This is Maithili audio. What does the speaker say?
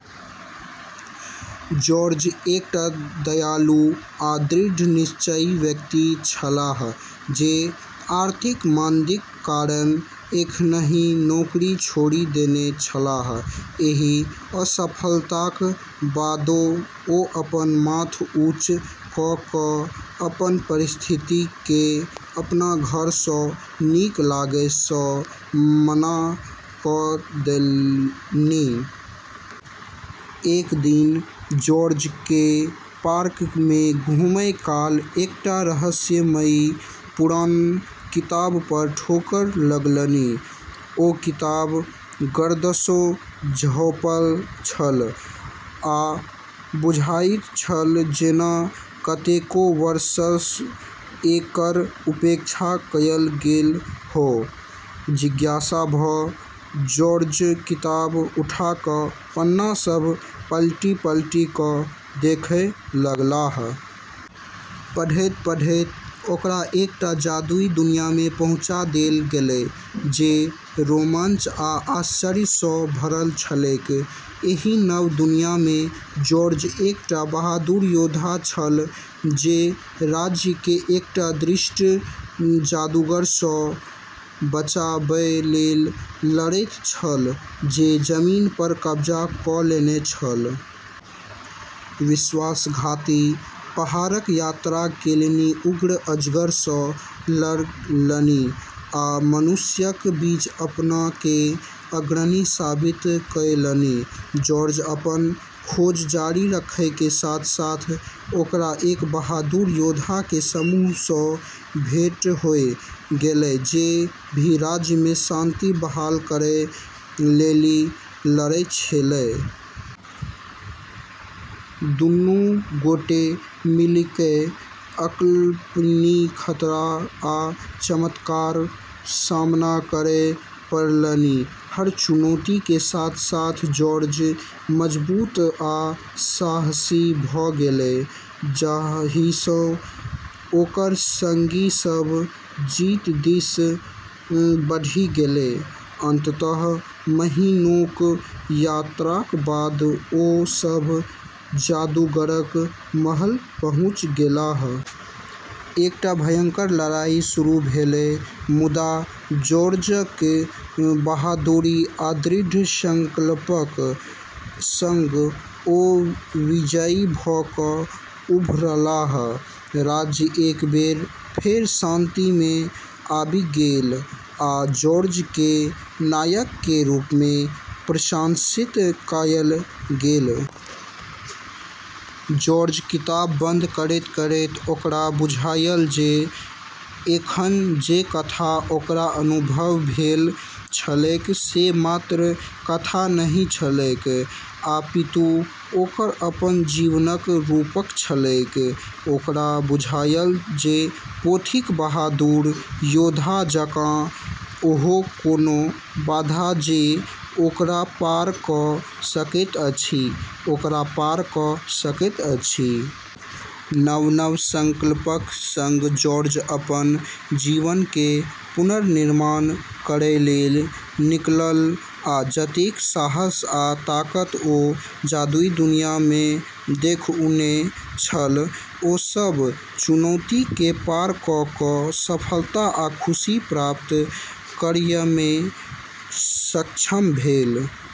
जॉर्ज एकटा दयालु आ दृढ़ निश्चयी व्यक्ति छलाह जे आर्थिक मंदीक कारण एखनहि नौकरी छोड़ि देने छलाह। एहि असफलताक बादो ओ अपन माथ ऊँच क' क' अपन परिस्थितिकेँ अपना पर सँ नीक लागय सँ मना क' देलनि। एक दिन जॉर्जकेँ पार्क मे घुमय काल एकटा रहस्यमयी पुरान किताब पर ठोकर लगलनि। ओ किताब गर्दासँ झाँपल छल, आ बुझाइत छल जेना कतेको वर्षसँ एकर उपेक्षा कयल गेल हो। जिज्ञासा भ' जॉर्ज किताब उठा क' पन्ना सभ पलटि-पलटि क' देखय लगलाह। पढ़ैत-पढ़ैत ओकरा एकटा जादुई दुनिया में पहुँचा देल गेलै, जे रोमांच आ आश्चर्य सँ भरल छलैक। एहि नव दुनिया में जॉर्ज एकटा बहादुर योद्धा छल, जे राज्य केँ एकटा दुष्ट जादूगर सँ बचाबय लेल लड़ैत छल जे जमीन पर कब्जा क' लेने छल। विश्वासघाती पहाड़क यात्रा केलनि, उग्र अजगर सँ लड़लनि आ मनुष्यक बीच अपना केँ अग्रणी साबित कयलनि। जॉर्ज अपनऽ खोज जारी रखै के साथ-साथ ओकरा एक बहादुर योद्धा के समूह सँ भेंट होय गेलै जे भी राज्य में शांति बहाल करै लेली लड़ै छेलै। दुनू गोटे मिलिकय अकल्पनीय खतरा आ चमत्कारक सामना करय पड़लनि। हर चुनौती के साथ-साथ जॉर्ज मजबूत आ साहसी भ' गेलै, जाहिसँ ओकर संगी सभ जीत दिस बढ़ि गेलै। अंततः महीनोक यात्राक बाद ओ सभ जादूगरक महल पहुँचि गेलाह। एकटा भयंकर लड़ाई शुरू भेलै, मुदा जॉर्जक बहादुरी आ दृढ़ संकल्पक संग ओ विजयी भ' क' उभरलाह। राज्य एक बेर फेर शांति में आबि गेल, आ जॉर्ज के नायक के रूप में प्रशंसित कयल गेल। जॉर्ज किताब बंद करैत-करैत ओकरा बुझायल जे एखन जे कथा ओकरा अनुभव भेल छलैक से मात्र कथा नहि छलैक, अपितु ओकर अपन जीवनक रूपक छलैक। ओकरा बुझायल जे पोथीक बहादुर योद्धा जकाँ ओहो कोनो बाधा जे ओकरा पार क' सकैत अछि, ओकरा पार क' सकैत अछि। नव-नव संकल्पक संग जॉर्ज अपन जीवन के पुनर्निर्माण करै लेल निकलल, आ जतेक साहस आ ताकत ओ जादुई दुनिया में देखउने छल, ओ सब चुनौती के पार क' क' सफलता आ खुशी प्राप्त करयमे सक्षम भेल।